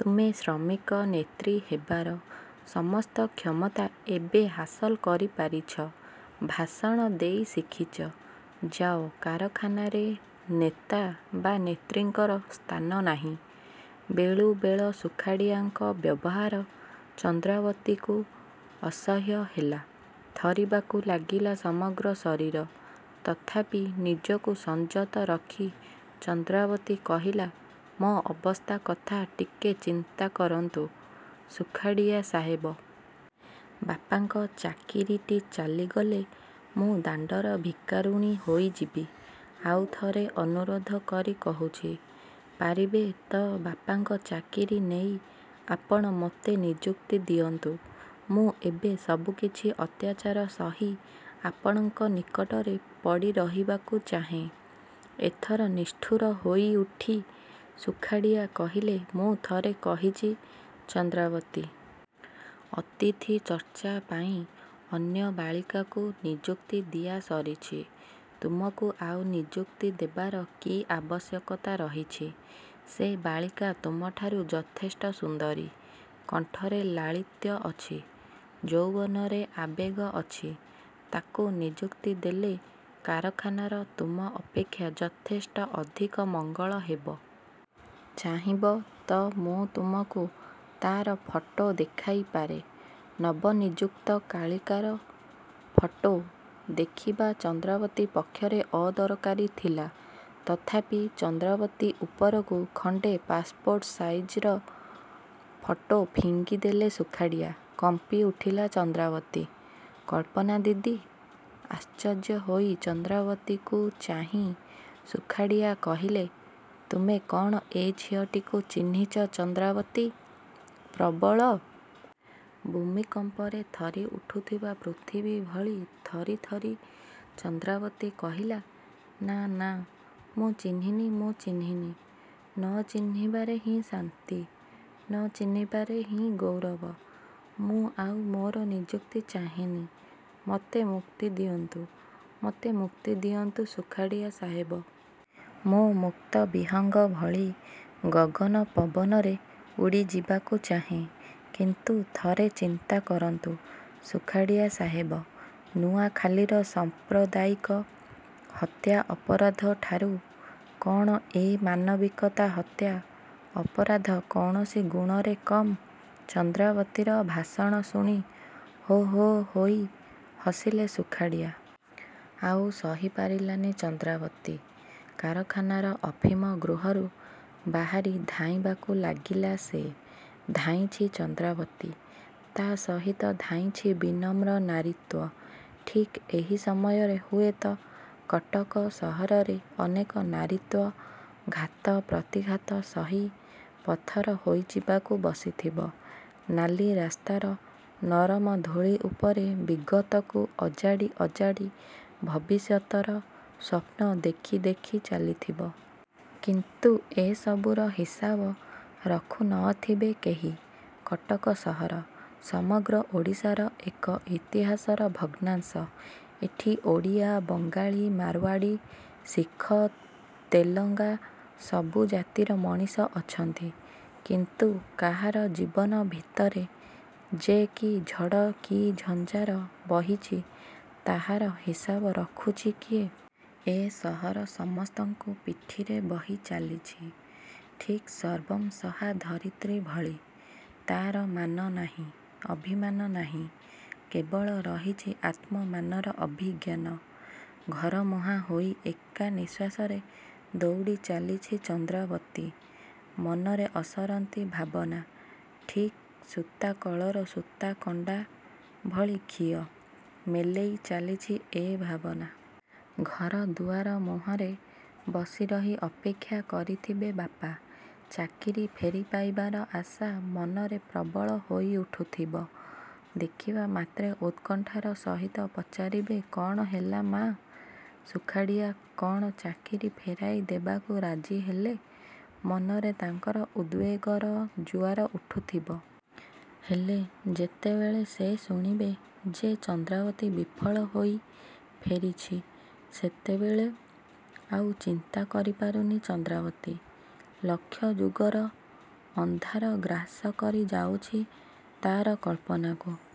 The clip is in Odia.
ତୁମେ ଶ୍ରମିକ ନେତ୍ରୀ ହେବାର ସମସ୍ତ କ୍ଷମତା ଏବେ ହାସଲ କରିପାରିଛ। ଭାଷଣ ଦେଇ ଶିଖିଛ। ଯାଅ। କାରଖାନାରେ ନେତା ବା ନେତ୍ରୀଙ୍କର ସ୍ଥାନ ନାହିଁ। ବେଳୁବେଳ ସୁଖାଡ଼ିଆଙ୍କ ବ୍ୟବହାର ଚନ୍ଦ୍ରାବତୀକୁ ଅସହ୍ୟ ହେଲା। ଥରିବାକୁ ଲାଗିଲା ସମଗ୍ର ଶରୀର। ତଥାପି ନିଜକୁ ସଂଯତ ରଖି ଚନ୍ଦ୍ରାବତୀ କହିଲା, ମୋ ଅବସ୍ଥା କଥା ଟିକେ ଚିନ୍ତା କରନ୍ତୁ ସୁଖାଡ଼ିଆ ସାହେବ। ବାପାଙ୍କ ଚାକିରିଟି ଚାଲିଗଲେ ମୁଁ ଦାଣ୍ଡର ଭିକାରୁଣୀ ହୋଇଯିବି। ଆଉ ଥରେ ଅନୁରୋଧ କରି କହୁଛି, ପାରିବେ ତ ବାପାଙ୍କ ଚାକିରି ନେଇ ଆପଣ ମୋତେ ନିଯୁକ୍ତି ଦିଅନ୍ତୁ। ମୁଁ ଏବେ ସବୁକିଛି ଅତ୍ୟାଚାର ସହି ଆପଣଙ୍କ ନିକଟରେ ପଡ଼ି ରହିବାକୁ ଚାହେଁ। ଏଥର ନିଷ୍ଠୁର ହୋଇ ଉଠି ସୁଖାଡ଼ିଆ କହିଲେ, ମୁଁ ଥରେ କହିଛି ଚନ୍ଦ୍ରାବତୀ। ଅତିଥି ଚର୍ଚ୍ଚା ପାଇଁ ଅନ୍ୟ ବାଳିକାକୁ ନିଯୁକ୍ତି ଦିଆ ସରିଛି। ତୁମକୁ ଆଉ ନିଯୁକ୍ତି ଦେବାର କି ଆବଶ୍ୟକତା ରହିଛି? ସେ ବାଳିକା ତୁମଠାରୁ ଯଥେଷ୍ଟ ସୁନ୍ଦରୀ। କଣ୍ଠରେ ଲାଳିତ୍ୟ ଅଛି। ଯୌବନରେ ଆବେଗ ଅଛି। ତାକୁ ନିଯୁକ୍ତି ଦେଲେ କାରଖାନାର ତୁମ ଅପେକ୍ଷା ଯଥେଷ୍ଟ ଅଧିକ ମଙ୍ଗଳ ହେବ। ଚାହିଁବ ତ ମୁଁ ତୁମକୁ ତା'ର ଫଟୋ ଦେଖାଇପାରେ। ନବନିଯୁକ୍ତ କାଳିକାର ଫଟୋ ଦେଖିବା ଚନ୍ଦ୍ରାବତୀ ପକ୍ଷରେ ଅଦରକାରୀ ଥିଲା। ତଥାପି ଚନ୍ଦ୍ରାବତୀ ଉପରକୁ ଖଣ୍ଡେ ପାସ୍ପୋର୍ଟ ସାଇଜର ଫଟୋ ଫିଙ୍ଗି ଦେଲେ ସୁଖାଡ଼ିଆ। କମ୍ପି ଉଠିଲା ଚନ୍ଦ୍ରାବତୀ। କଳ୍ପନା ଦିଦି? ଆଶ୍ଚର୍ଯ୍ୟ ହୋଇ ଚନ୍ଦ୍ରାବତୀକୁ ଚାହିଁ ସୁଖାଡ଼ିଆ କହିଲେ, ତୁମେ କ'ଣ ଏ ଝିଅଟିକୁ ଚିହ୍ନିଛ ଚନ୍ଦ୍ରାବତୀ? ପ୍ରବଳ ଭୂମିକମ୍ପରେ ଥରି ଉଠୁଥିବା ପୃଥିବୀ ଭଳି ଥରି ଥରି ଚନ୍ଦ୍ରାବତୀ କହିଲା, ନାଁ ନାଁ ମୁଁ ଚିହ୍ନିନି ମୁଁ ଚିହ୍ନିନି। ନ ଚିହ୍ନିବାରେ ହିଁ ଶାନ୍ତି, ନ ଚିହ୍ନିବାରେ ହିଁ ଗୌରବ। ମୁଁ ଆଉ ମୋର ନିଯୁକ୍ତି ଚାହେଁନି। ମୋତେ ମୁକ୍ତି ଦିଅନ୍ତୁ। ମୋତେ ମୁକ୍ତି ଦିଅନ୍ତୁ ସୁଖାଡ଼ିଆ ସାହେବ। ମୁଁ ମୁକ୍ତ ବିହଙ୍ଗ ଭଳି ଗଗନ ପବନରେ ଉଡ଼ିଯିବାକୁ ଚାହେଁ। କିନ୍ତୁ ଥରେ ଚିନ୍ତା କରନ୍ତୁ, ସୁଖାଡ଼ିଆ ସାହେବ। ନୂଆଖାଲିର ସାମ୍ପ୍ରଦାୟିକ ହତ୍ୟା ଅପରାଧଠାରୁ କ'ଣ ଏ ମାନବିକତା ହତ୍ୟା ଅପରାଧ କୌଣସି ଗୁଣରେ କମ୍? ଚନ୍ଦ୍ରାବତୀର ଭାଷଣ ଶୁଣି ହୋ ହୋ ହୋଇ ହସିଲେ ସୁଖାଡ଼ିଆ। ଆଉ ସହି ପାରିଲାନି ଚନ୍ଦ୍ରାବତୀ। କାରଖାନାର ଅଫିମ ଗୃହରୁ ବାହାରି ଧାଇଁବାକୁ ଲାଗିଲା ସେ। ଧାଇଁଛି ଚନ୍ଦ୍ରାବତୀ, ତା' ସହିତ ଧାଇଁଛି ବିନମ୍ର ନାରୀତ୍ୱ। ଠିକ୍ ଏହି ସମୟରେ ହୁଏତ କଟକ ସହରରେ ଅନେକ ନାରୀତ୍ୱ ଘାତ ପ୍ରତିଘାତ ସହି ପଥର ହୋଇଯିବାକୁ ବସିଥିବ। ନାଲି ରାସ୍ତାର ନରମ ଧୂଳି ଉପରେ ବିଗତକୁ ଅଜାଡ଼ି ଅଜାଡ଼ି ଭବିଷ୍ୟତର ସ୍ୱପ୍ନ ଦେଖି ଦେଖି ଚାଲିଥିବ। କିନ୍ତୁ ଏ ସବୁର ହିସାବ ରଖୁ ନ ଥିବେ କେହି। କଟକ ସହର। ସମଗ୍ର ଓଡ଼ିଶାର ଏକ ଇତିହାସର ଭଗ୍ନାଂଶ। ଏଠି ଓଡ଼ିଆ, ବଙ୍ଗାଳି, ମାରୱାଡ଼ି, ଶିଖ, ତେଲଙ୍ଗା ସବୁ ଜାତିର ମଣିଷ ଅଛନ୍ତି। କିନ୍ତୁ କାହାର ଜୀବନ ଭିତରେ ଯେ କି ଝଡ଼ କି ଝଞ୍ଜାର ବହିଛି, ତାହାର ହିସାବ ରଖୁଛି କିଏ? ଏ ସହର ସମସ୍ତଙ୍କୁ ପିଠିରେ ବହି ଚାଲିଛି, ଠିକ୍ ସର୍ବଂସହା ଧରିତ୍ରୀ ଭଳି। ତା'ର ମାନ ନାହିଁ, ଅଭିମାନ ନାହିଁ। କେବଳ ରହିଛି ଆତ୍ମମାନର ଅଭିଜ୍ଞାନ। ଘର ମୁହାଁ ହୋଇ ଏକା ନିଃଶ୍ୱାସରେ ଦୌଡ଼ି ଚାଲିଛି ଚନ୍ଦ୍ରାବତୀ। ମନରେ ଅସରନ୍ତି ଭାବନା। ଠିକ୍ ସୂତାକଳର ସୂତାକଣ୍ଡା ଭଳି ଖିଅ ମେଲେଇ ଚାଲିଛି ଏ ଭାବନା। ଘର ଦୁଆର ମୁହଁରେ ବସିରହି ଅପେକ୍ଷା କରିଥିବେ ବାପା। ଚାକିରି ଫେରିପାଇବାର ଆଶା ମନରେ ପ୍ରବଳ ହୋଇ ଉଠୁଥିବ। ଦେଖିବା ମାତ୍ରେ ଉତ୍କଣ୍ଠାର ସହିତ ପଚାରିବେ, କ'ଣ ହେଲା ମା? ସୁଖାଡ଼ିଆ କ'ଣ ଚାକିରି ଫେରାଇ ଦେବାକୁ ରାଜି ହେଲେ? ମନରେ ତାଙ୍କର ଉଦ୍ବେଗର ଜୁଆର ଉଠୁଥିବ। ହେଲେ ଯେତେବେଳେ ସେ ଶୁଣିବେ ଯେ ଚନ୍ଦ୍ରାବତୀ ବିଫଳ ହୋଇ ଫେରିଛି, ସେତେବେଳେ! ଆଉ ଚିନ୍ତା କରିପାରୁନି ଚନ୍ଦ୍ରାବତୀ। ଲକ୍ଷ ଯୁଗର ଅନ୍ଧାର ଗ୍ରାସ କରି ଯାଉଛି ତା'ର କଳ୍ପନାକୁ।